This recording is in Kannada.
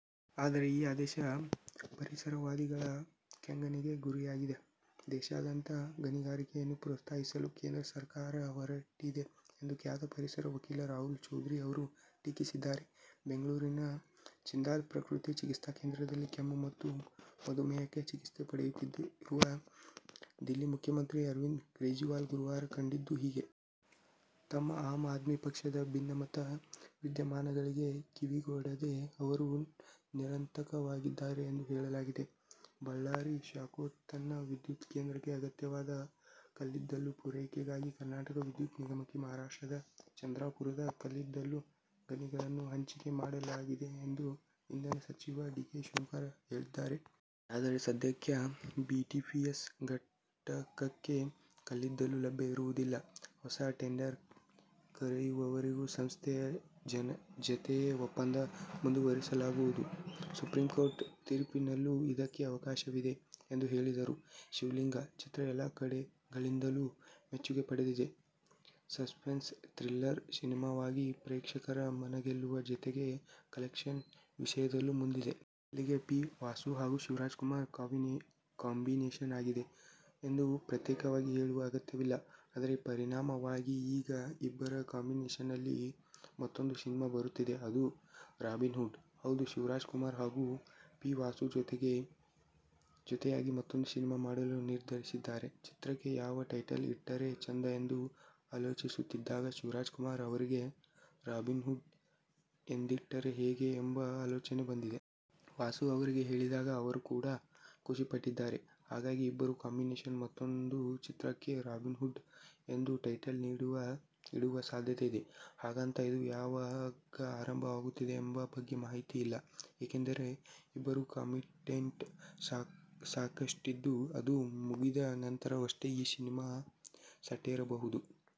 ಆದರೆ ಈ ಆದೇಶ ಪರಿಸರವಾದಿಗಳ ಕೆಂಗಣ್ಣಿಗೆ ಗುರಿಯಾಗಿದೆ. ದೇಶಾದ್ಯಂತ ಗಣಿಗಾರಿಕೆಯನ್ನು ಪ್ರೋತ್ಸಾಹಿಸಲು ಕೇಂದ್ರ ಸರ್ಕಾರ ಹೊರಟಿದೆ ಎಂದು ಖ್ಯಾತ ಪರಿಸರ ವಕೀಲ ರಾಹುಲ್ ಚೌಧರಿ ಅವರು ಟೀಕಿಸಿದ್ದಾರೆ. ಬೆಂಗಳೂರಿನ ಜಿಂದಾಲ್ ಪ್ರಕೃತಿ ಚಿಕಿತ್ಸಾ ಕೇಂದ್ರದಲ್ಲಿ ಕೆಮ್ಮು ಮತ್ತು ಮಧುಮೇಹಕ್ಕೆ ಚಿಕಿತ್ಸೆ ಪಡೆಯುತ್ತಿರುವ ದಿಲ್ಲಿ ಮುಖ್ಯಮಂತ್ರಿ ಅರವಿಂದ ಕೇಜ್ರಿವಾಲ್ ಗುರುವಾರ ಕಂಡಿದ್ದು ಹೀಗೆ. ತಮ್ಮ ಆಮ್ ಆದ್ಮಿ ಪಕ್ಷದ ಭಿನ್ನಮತ ವಿದ್ಯಮಾನಗಳಿಗೆ ಕಿವಿಗೊಡದೇ ಅವರು ನಿರಾತಂಕವಾಗಿದ್ದಾರೆ ಎಂದು ಹೇಳಲಾಗಿದೆ. ಬಳ್ಳಾರಿ ಶಾಖೋತ್ಪನ್ನ ವಿದ್ಯುತ್ ಕೇಂದ್ರಕ್ಕೆ ಅಗತ್ಯವಾದ ಕಲ್ಲಿದ್ದಲು ಪೂರೈಕೆಗಾಗಿ ಕರ್ನಾಟಕ ವಿದ್ಯುತ್ ನಿಗಮಕ್ಕೆ ಮಹಾರಾಷ್ಟ್ರದ ಚಂದ್ರಾಪುರದ ಕಲ್ಲಿದ್ದಲು ಗಣಿಗಳನ್ನು ಹಂಚಿಕೆ ಮಾಡಲಾಗಿದೆ ಎಂದು ಇಂಧನ ಸಚಿವ ಡಿ. ಕೆ. ಶಿವಕುಮಾರ್ ತಿಳಿಸಿದ್ದಾರೆ. ಆದರೆ, ಸದ್ಯಕ್ಕೆ ಬಿಟಿಪಿಎಸ್ ಘಟಕಕ್ಕೆ ಕಲ್ಲಿದ್ದಲು ಲಭ್ಯ ಇರುವುದಿಲ್ಲ. ಹೊಸ ಟೆಂಡರ್ ಕರೆಯುವವರೆಗೂ ಸಂಸ್ಥೆಯ ಜತೆಯ ಒಪ್ಪಂದ ಮುಂದುವರಿಸಲಾಗುವುದು. ಸುಪ್ರೀಂಕೋರ್ಟ್ ತೀರ್ಪಿನಲ್ಲೂ ಇದಕ್ಕೆ ಅವಕಾಶವಿದೆ ಎಂದು ಹೇಳಿದರು. "ಶಿವಲಿಂಗ' ಚಿತ್ರ ಎಲ್ಲಾ ಕಡೆಗಳಿಂದಲೂ ಮೆಚ್ಚುಗೆ ಪಡೆದಿದೆ. ಸಸ್ಪೆನ್ಸ್, ಥ್ರಿಲ್ಲರ್ ಸಿನಿಮಾವಾಗಿ ಪ್ರೇಕ್ಷಕರ ಮನಗೆಲ್ಲುವ ಜೊತೆಗೆ ಕಲೆಕ್ಷನ್ ವಿಷಯದಲ್ಲೂ ಮುಂದಿದೆ. ಅಲ್ಲಿಗೆ ಪಿ. ವಾಸು ಹಾಗೂ ಶಿವರಾಜಕುಮಾರ್ ಕಾಂಬಿನೇಶನ್ ಆಗಿದೆ ಎಂದು ಪ್ರತ್ಯೇಕವಾಗಿ ಹೇಳುವ ಅಗತ್ಯವಿಲ್ಲ. ಅದರ ಪರಿಣಾಮವಾಗಿ ಈಗ ಇಬ್ಬರ ಕಾಂಬಿನೇಶನ್ನಲ್ಲಿ ಮತ್ತೂಂದು ಸಿನಿಮಾ ಬರುತ್ತಿದೆ. ಅದು "ರಾಬಿನ್ ಹುಡ್'. ಹೌದು, ಶಿವರಾಜುಕುಮಾರ್ ಹಾಗೂ ಪಿ. ವಾಸು ಜೊತೆಯಾಗಿ ಮತ್ತೂಂದು ಸಿನಿಮಾ ಮಾಡಲು ನಿರ್ಧರಿಸಿದ್ದಾರೆ. ಚಿತ್ರಕ್ಕೆ ಯಾವ ಟೈಟಲ್ ಇಟ್ಟರೆ ಚೆಂದ ಎಂದು ಆಲೋಚಿಸುತ್ತಿದ್ದಾಗ ಶಿವರಾಜಕುಮಾರ್ ಅವರಿಗೆ "ರಾಬಿನ್ಹುಡ್' ಎಂದಿಟ್ಟರೆ ಹೇಗೆ ಎಂಬ ಆಲೋಚನೆ ಬಂದಿದೆ. ವಾಸು ಅವರಿಗೆ ಹೇಳಿದಾಗ ಅವರು ಕೂಡಾ ಖುಷಿಪಟ್ಟಿದ್ದಾರೆ. ಹಾಗಾಗಿ ಇಬ್ಬರ ಕಾಂಬಿನೇಶನ್ನ ಮತ್ತೂಂದು ಚಿತ್ರಕ್ಕೆ "ರಾಬಿನ್ಹುಡ್' ಎಂದು ಟೈಟಲ್ ಇಡುವ ಸಾಧ್ಯತೆ ಇದೆ. ಹಾಗಂತ ಇದು ಯಾವಾಗ ಆರಂಭವಾಗುತ್ತದೆಂಬ ಬಗ್ಗೆ ಮಾಹಿತಿಯಿಲ್ಲ. ಏಕೆಂದರೆ, ಇಬ್ಬರ ಕಮಿಟ್ಮೆಂಟ್ ಸಾಕಷ್ಟಿದ್ದು, ಅದು ಮುಗಿದ ನಂತರವಷ್ಟೇ ಈ ಸಿನಿಮಾ ಸೆಟ್ಟೇರಬಹುದು.